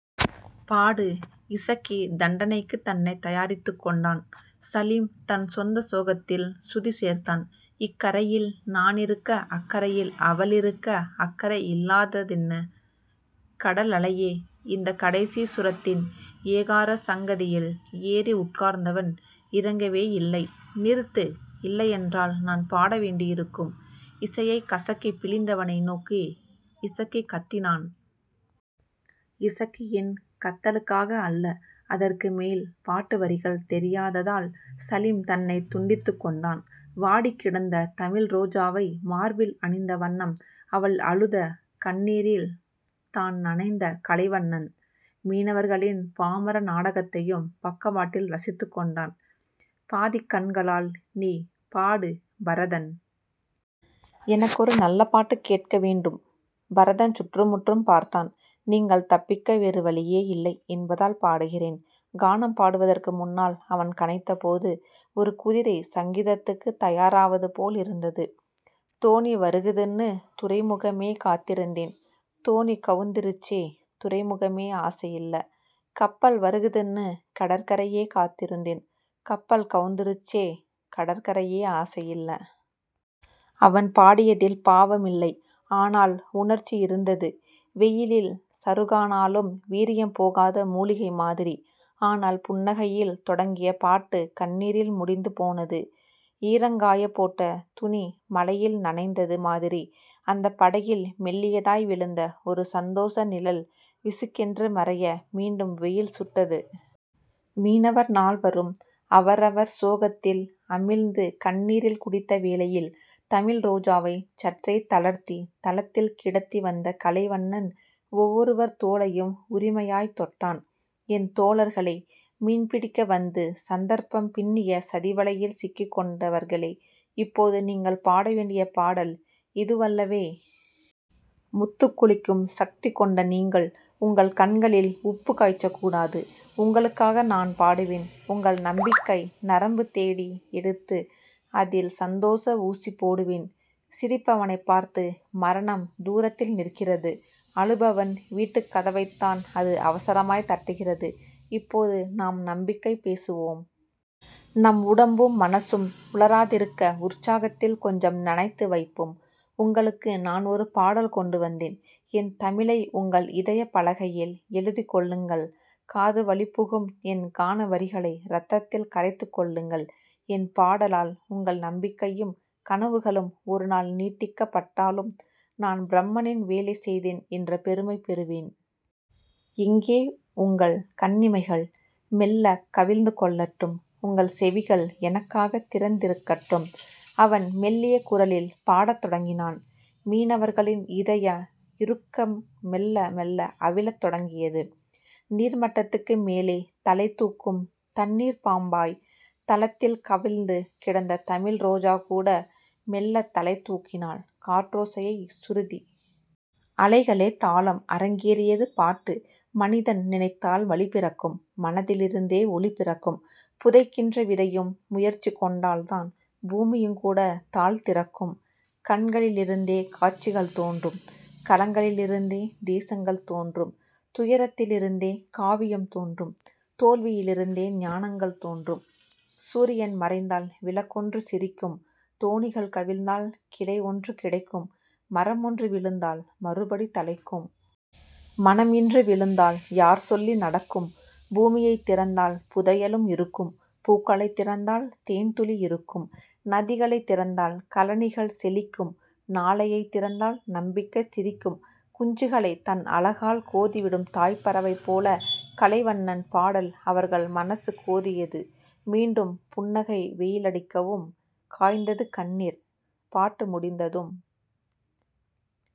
பாடு. இசக்கி தண்டனைக்குத் தன்னைத் தயாரித்துக் கொண்டான். சலீம் தன் சொந்த சோகத்தில் சுதி சேர்த்தான். இக்கரையில் நானிருக்க அக்கரையில் அவளிருக்க அக்கறை இல்லாததென்ன கடலலையே. அந்தக் கடைசி சுரத்தின் ஏகாரசங்கதியில் ஏறி உட்கார்ந்தவன் இறங்கவேயில்லை. நிறுத்து. இல்லையென்றால் நான் பாட வேண்டியிருக்கும். இசையைக் கசக்கிப் பிழிந்தவனை நோக்கி இசக்கி கத்தினான். இசக்கியின் கத்தலுக்காக அல்ல அதற்கு மேல் பாட்டு வரிகள் தெரியாததால் சலீம் தன்னைத் துண்டித்துக் கொண்டான். வாடிக்கிடந்த தமிழ்ரோஜாவை மார்பில் அணிந்த வண்ணம், அவள் அழுத கண்ணீரில் தான் நனைந்த கலைவண்ணன், மீனவர்களின் பாமர நாடகத்தையும் பக்கவாட்டில் ரசித்துக் கொண்டான் பாதிக்கண்களால். நீ பாடு பரதன். எனக்கொரு நல்ல பாட்டுக் கேட்க வேண்டும் பரதன் சுற்றும்முற்றும் பார்த்தான். நீங்கள் தப்பிக்க வேறுவழியே இல்லை என்பதால் பாடுகிறேன். கானம் பாடுவதற்கு முன்னால் அவன் கனைத்தபோது ஒரு குதிரை சங்கீதத்துக்குத் தயாராவது போலிருந்தது. தோணி வருகுதுன்னு துறைமுகமே காத்திருந்தேன் தோணி கவுந்திருச்சே துறைமுகமே ஆசையில்ல கப்பல் வருகுதுன்னு கடற்கரையே காத்திருந்தேன் கப்பல் கவுந்திருச்சே கடற்கரையே ஆசையில்ல. அவன் பாடியதில் பாவமில்லை. ஆனால், உணர்ச்சி இருந்தது வெயிலில் சருகானாலும் வீரியம் போகாத முலிகை மாதிரி. ஆனால், புன்னகையில் தொடங்கிய பாட்டு கண்ணீரில் முடிந்து போனது ஈரங்காயப் போட்ட துணி மழையில் நனைந்தது மாதிரி. அந்தப் படகில் மெல்லியதாய் விழுந்த ஒரு சந்தோஷ நிழல் விசுக்கென்று மறைய மீண்டும் வெயில் சுட்டது. மீனவர் நால்வரும் அவரவர் சோகத்தில் அமிழ்ந்து கண்ணீர் குடித்த வேளையில் தமிழ்ரோஜாவைச் சற்றே தளர்த்தித் தளத்தில் கிடத்தி வந்த கலைவண்ணன் ஒவ்வொருவர் தோளையும் உரிமையாய்த் தொட்டான். என் தோழர்களே. மீன் பிடிக்க வந்து சந்தர்ப்பம் பின்னிய சதிவலையில் சிக்கிக் கொண்டவர்களே. இப்போது நீங்கள் பாடவேண்டிய பாடல் இதுவல்லவே. முத்துக் குளிக்கும் சக்தி கொண்ட நீங்கள்... உங்கள் கண்களில் உப்புக் காய்ச்சக்கூடாது. உங்களுக்காக நான் பாடுவேன். உங்கள் நம்பிக்கை நரம்பு தேடி எடுத்து அதில் சந்தோஷ ஊசி போடுவேன். சிரிப்பவனைப் பார்த்து மரணம் தூரத்தில் நிற்கிறது. அழுபவன் வீட்டுக் கதவைத்தான் அது அவசரமாய்த் தட்டுகிறது. இப்போது நாம் நம்பிக்கை பேசுவோம். நம் உடம்பும் மனசும் உலராதிருக்க உற்சாகத்தில் கொஞ்சம் நனைத்து வைப்போம். உங்களுக்கு நான் ஒரு பாடல் கொண்டு வந்தேன். என் தமிழை உங்கள் இதயப் பலகையில் எழுதிக் கொள்ளுங்கள். காதுவழிப்புகும் என் கானவரிகளை ரத்தத்தில் கரைத்துக் கொள்ளுங்கள். என் பாடலால் உங்கள் நம்பிக்கையும் கனவுகளும் ஒருநாள் நீட்டிக்கப்பட்டாலும் நான் பிரம்மனின் வேலை செய்தேன் என்ற பெருமை பெறுவேன். எங்கே, உங்கள் கண்ணிமைகள் மெள்ளக் கவிழ்ந்து கொள்ளட்டும். உங்கள் செவிகள் எனக்காகத் திறந்திருக்கட்டும். அவன் மெல்லிய குரலில் பாடத்தொடங்கினான். மீனவர்களின் இதய இறுக்கம் மெள்ள மெள்ள அவிழத் தொடங்கியது. நீர்மட்டத்துக்கு மேலே தலைதூக்கும் தண்ணீர்ப்பாம்பாய்த் தளத்தில் கவிழ்ந்து கிடந்த தமிழ்ரோஜாகூட மெள்ளத் தலை தூக்கினாள். காற்றோசையே சுருதி. அலைகளே தாளம். அரங்கேறியது பாட்டு மனிதன் நினைத்தால் வழி பிறக்கும். மனதிலிருந்தே ஒளி பிறக்கும் புதைக்கின்ற விதையும் முயற்சி கொண்டால்தான் பூமியும்கூடத் தாழ் திறக்கும் கண்களிலிருந்தே காட்சிகள் தோன்றும் களங்களிலிருந்தே தேசங்கள் தோன்றும் துயரத்திலிருந்தே காவியம் தோன்றும் தோல்வியிலிருந்தே ஞானங்கள் தோன்றும் சூரியன் மறைந்தால் விளக்கொன்று சிரிக்கும் தோணிகள் கவிழ்ந்தால் கிளை ஒன்று கிடைக்கும் மரமொன்று விழுந்தால் மறுபடி தழைக்கும். மனம் இன்று விழுந்தால் யார் சொல்லி நடக்கும்? பூமியைத் திறந்தால் புதையலும் இருக்கும். பூக்களைத் திறந்தால் தேன்துளி இருக்கும் நதிகளைத் திறந்தால் கழனிகள் செழிக்கும் நாளையைத் திறந்தால் நம்பிக்கை சிரிக்கும். குஞ்சுகளைத் தன் அலகால் கோதிவிடும் தாய்ப்பறவை போல கலைவண்ணன் பாடல் அவர்கள் மனசு கோதியது. மீண்டும் புன்னகை வெயிலடிக்கவும் காய்ந்தது கண்ணீர். பாட்டு முடிந்ததும்